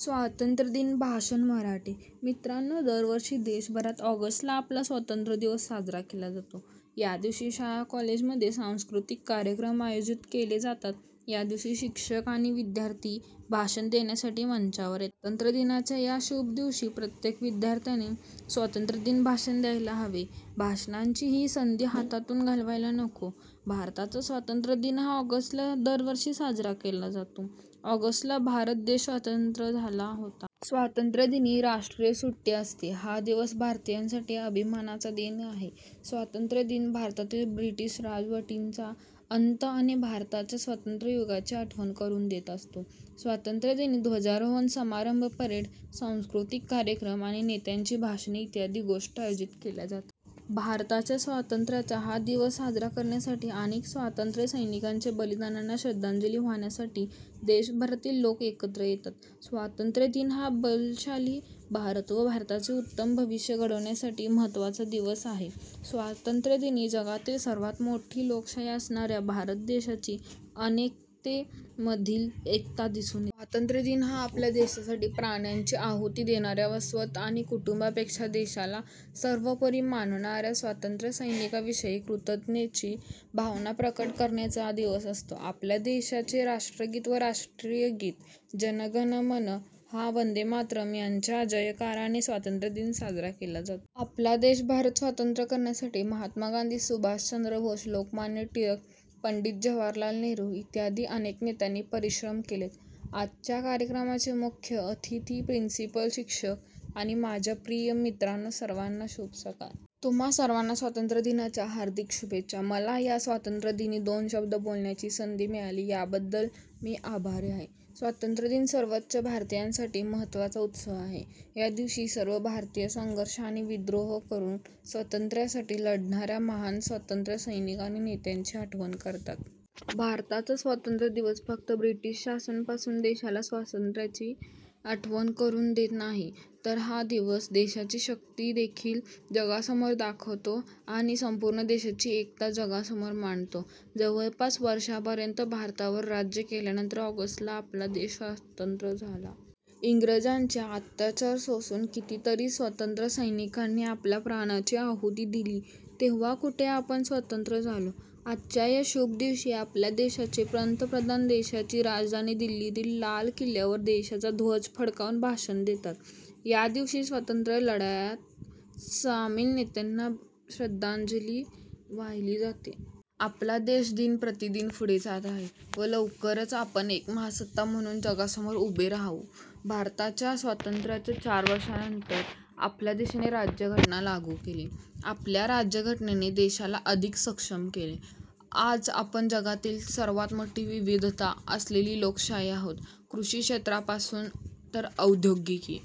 स्वातंत्र्य दिन भाषण मराठी -: मित्रांनो दरवर्षी देशभरात ऑगस्ट ला आपला स्वतंत्र दिवस साजरा केला जातो. या दिवशी शाळा कॉलेजमध्ये सांस्कृतिक कार्यक्रम आयोजित केले जातात. या दिवशी शिक्षक आणि विद्यार्थी भाषण देण्यासाठी मंचावर येतात. स्वतंत्र दिनाच्या या शुभ दिवशी प्रत्येक विद्यार्थ्याने स्वातंत्र्य दिन भाषण द्यायला हवे. भाषणाची ही संधी हातातून घालवायला नको. भारताचा स्वातंत्र्य दिन हा ऑगस्ट ला दरवर्षी साजरा केला जातो. ऑगस्ट ला भारत देश स्वातंत्र्य झाला होता. स्वातंत्र्यदिनी राष्ट्रीय सुट्टी असते, हा दिवस भारतीयांसाठी अभिमानाचा दिन आहे. स्वातंत्र्य दिन भारतातील ब्रिटिश राजवटीचा अंत आणि भारताच्या स्वातंत्र्य युगाची आठवण करून देत असतो. स्वतंत्रदिनी ध्वजारोहण समारंभ, परेड, सांस्कृतिक कार्यक्रम आणि नेत्यांची भाषणे इत्यादी गोष्टी आयोजित केल्या जातात. भारताच्या स्वातंत्र्याचा हा दिवस साजरा करण्यासाठी आणि स्वातंत्र्यसैनिकांच्या बलिदानांना श्रद्धांजली वाहण्यासाठी देशभरातील लोक एकत्र येतात. स्वातंत्र्य दिन हा बलशाली भारत व भारताचे उत्तम भविष्य घडवण्यासाठी महत्त्वाचा दिवस आहे. स्वातंत्र्यदिनी जगातील सर्वात मोठी लोकशाही असणाऱ्या भारत देशाची अनेकते मधील एकता दिसून येते. स्वातंत्र्य दिन हा आपल्या देशासाठी प्राण्यांची आहुती देणाऱ्या व स्वतः आणि कुटुंबापेक्षा देशाला सर्वोपरी मानणाऱ्या स्वतंत्र सैनिकांविषयी कृतज्ञतेची भावना प्रकट करण्याचा दिवस असतो. आपल्या देशाचे राष्ट्रगीत व राष्ट्रीय गीत, जनगणमन हा वंदे मातरम यांच्या जयकाराने स्वातंत्र्य दिन साजरा केला जातो. आपला देश भारत स्वतंत्र करण्यासाठी महात्मा गांधी, सुभाष चंद्र बॉस, लोकमान्य टिळक, पंडित जवाहरलाल नेहरू इत्यादि अनेक नेत्यांनी परिश्रम केलेत. आजच्या कार्यक्रमाचे मुख्य अतिथी, प्रिन्सिपल, शिक्षक आणि माझ्या प्रिय मित्रांनो सर्वांना शुभ सकाळ. तुम्हा सर्वांना स्वतंत्र दिनाच्या हार्दिक शुभेच्छा. मला या स्वतंत्र दिनी दोन शब्द बोलण्याची संधी मिळाली या बद्दल मी आभारी आहे. स्वतंत्र दिन सर्वच भारतीयांसाठी महत्त्वाचा उत्सव आहे. या दिवशी सर्व भारतीय संघर्ष आणि विद्रोह करून स्वातंत्र्यासाठी लढणाऱ्या महान स्वतंत्र सैनिक आणि नेत्याची आठवण करतात. भारताचा स्वतंत्र दिवस फक्त ब्रिटिश शासना पासून देशाला स्वातंत्र्याची आठवण करून देत नाही, तर हा दिवस देशाची शक्ती देखील जगासमोर दाखवतो. आणि संपूर्ण देशाची एकता जगासमोर मांडतो. जवळपास वर्षापर्यंत भारतावर राज्य केल्यानंतर ऑगस्ट ला आपला देश स्वतंत्र झाला. इंग्रजांचे अत्याचार सोसून कितीतरी स्वतंत्र सैनिकांनी आपल्या प्राणांची आहुती दिली. तेव्हा कुठे आपण स्वतंत्र झालो. आजच्या या शुभ दिवशी आपल्या देशाचे पंतप्रधान देशाची राजधानी दिल्लीतील लाल किल्ल्यावर देशाचा ध्वज फडकावून भाषण देतात. या दिवशी स्वतंत्र लढ्यात सामील नेत्यांना श्रद्धांजली वाहिली जाते. आपला देश दिन प्रतिदिन पुढे जात आहे. व लवकरच आपण एक महासत्ता म्हणून जगासमोर उभे राहू. भारताच्या स्वातंत्र्याच्या चार वर्षानंतर आपल्या देशाने राज्यघटना लागू केली. आपल्या राज्यघटनेने देशाला अधिक सक्षम केले. आज आपण जगातील सर्वात मोठी विविधता असलेली लोकशाही आहोत. कृषी क्षेत्रापासून तर औद्योगिकी